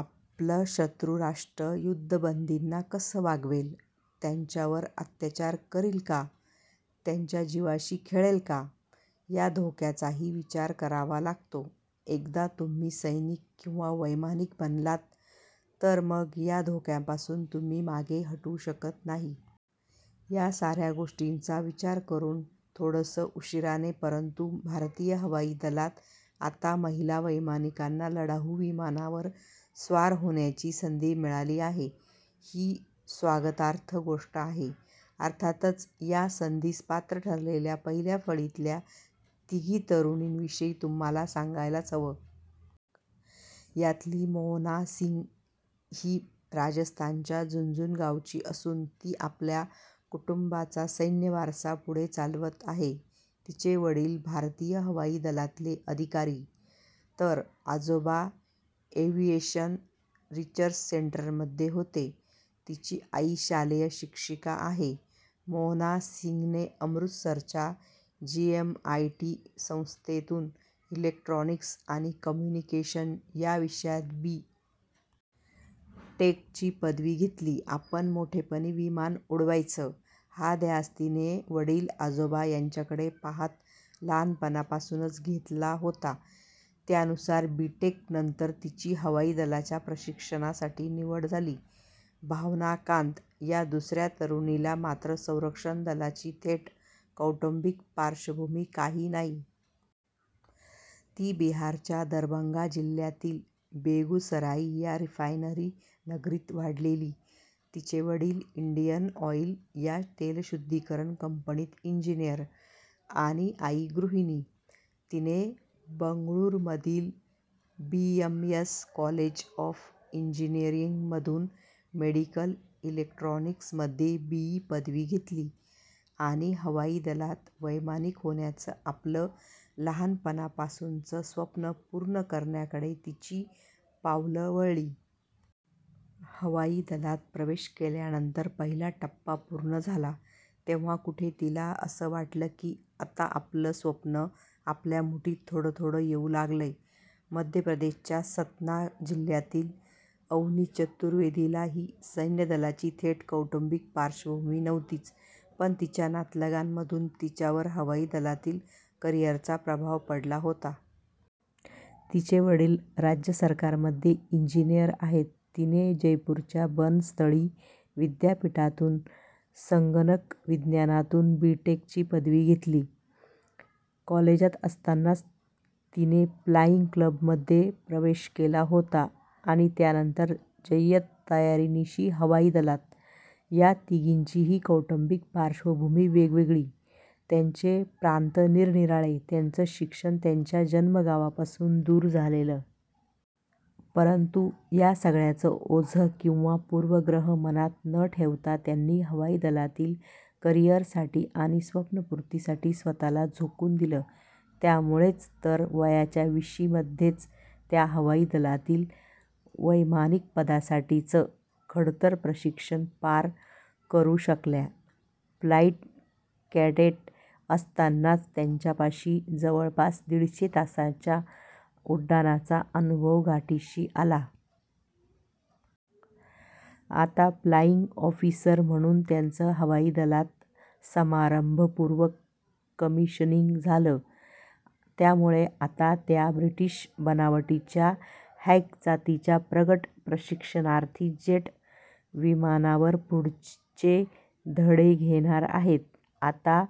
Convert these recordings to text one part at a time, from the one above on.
आपलं शत्रूराष्ट्र युद्धबंदींना कसं वागवेल, त्यांच्यावर अत्याचार करील का, त्यांच्या जिवाशी खेळेल का, या धोक्याचाही विचार करावा लागतो. एकदा तुम्ही सैनिक किंवा वैमानिक बनलात, तर मग या धोक्यांपासून तुम्ही मागे हटू शकत नाही. या साऱ्या गोष्टींचा विचार करून, थोडंसं उशिराने परंतु भारतीय हवाई दलात आता महिला वैमानिकांना लढाऊ विमानांवर स्वार होण्याची संधी मिळाली आहे, ही स्वागतार्ह गोष्ट आहे. अर्थातच या संधीस पात्र ठरलेल्या पहिल्या फळीतल्या तिघी तरुणींविषयी तुम्हाला सांगायलाच हवं. यातली मोहना सिंग ही राजस्थानच्या झुनझुनू गावची असून ती आपल्या कुटुंबाचा सैन्यवारसा पुढे चालवत आहे. तिचे वडील भारतीय हवाई दलातले अधिकारी, तर आजोबा एव्हिएशन रिसर्च सेंटरमध्ये होते. तिची आई शालेय शिक्षिका आहे. मोहना सिंगने अमृतसरच्या जीएमआयईटी संस्थेतून इलेक्ट्रॉनिक्स आणि कम्युनिकेशन या विषयात बी. टेक.ची पदवी घेतली. आपण मोठेपणी विमान उडवायचं, हा ध्यास तिने वडील-आजोबा यांच्याकडे पाहत लहानपणापासूनच घेतला होता. त्यानुसार बी. टेक. नंतर तिची हवाई दलाच्या प्रशिक्षणासाठी निवड झाली. भावना कांत या दुसऱ्या तरुणीला मात्र संरक्षण दलाची थेट कौटुंबिक पार्श्वभूमी काही नाही. ती बिहारच्या दरभंगा जिल्ह्यातील बेगुसराई या रिफायनरी नगरीत वाढलेली. तिचे वडील इंडियन ऑइल या तेलशुद्धीकरण कंपनीत इंजिनिअर आणि आई गृहिणी. तिने बंगळुरूमधील बीएमएस कॉलेज ऑफ इंजिनिअरिंगमधून मेडिकल इलेक्ट्रॉनिक्समध्ये बीई पदवी घेतली आणि हवाई दलात वैमानिक होण्याचं आपलं लहानपणापासूनचं स्वप्न पूर्ण करण्याकडे तिची पावलं वळली. हवाई दलात प्रवेश केल्यानंतर पहिला टप्पा पूर्ण झाला, तेव्हा कुठे तिला असं वाटलं की आता आपलं स्वप्न आपल्या मुठीत थोडं थोडं येऊ लागलंय. मध्य प्रदेशच्या सतना जिल्ह्यातील अवनी चतुर्वेदीलाही सैन्यदलाची थेट कौटुंबिक पार्श्वभूमी नव्हतीच, पण तिच्या नातलगांमधून तिच्यावर हवाई दलातील करिअरचा प्रभाव पडला होता. तिचे वडील राज्य सरकारमध्ये इंजिनिअर आहेत. तिने जयपूरच्या बनस्थळी विद्यापीठातून संगणक विज्ञानातून बी. टेक.ची पदवी घेतली. कॉलेजात असतानाच तिने फ्लाइंग क्लबमध्ये प्रवेश केला होता आणि त्यानंतर जय्यत तयारीनिशी हवाई दलात. या तिघींचीही कौटुंबिक पार्श्वभूमी वेगवेगळी, त्यांचे प्रांत निरनिराळे, त्यांचं शिक्षण त्यांच्या जन्मगावापासून दूर झालेलं. परंतु या सगळ्याचं ओझं किंवा पूर्वग्रह मनात न ठेवता त्यांनी हवाई दलातील करिअरसाठी आणि स्वप्नपूर्तीसाठी स्वतःला झोकून दिलं. त्यामुळेच तर वयाच्या विशीमध्येच त्या हवाई दलातील वैमानिकपदासाठीचं खडतर प्रशिक्षण पार करू शकल्या. फ्लाइट कॅडेट असतानाच त्यांच्यापाशी जवळपास दीडशे तासांच्या उड्डाणाचा अनुभव गाठीशी आला. आता फ्लाइंग ऑफिसर म्हणून त्यांचं हवाई दलात समारंभपूर्वक कमिशनिंग झालं. त्यामुळे आता त्या ब्रिटिश बनावटीच्या हॉक जातीच्या प्रगत प्रशिक्षणार्थी जेट विमानावर पुढचे धडे घेणार आहेत. आता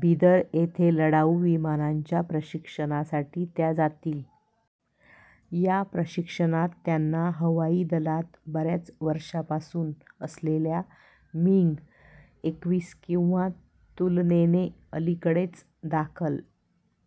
बिदर इथे लढाऊ विमानांच्या प्रशिक्षणासाठी त्या जातील. या प्रशिक्षणात त्यांना हवाई दलात बऱ्याच वर्षांपासून असलेल्या मिग एकवीस किंवा तुलनेने अलीकडेच दाखल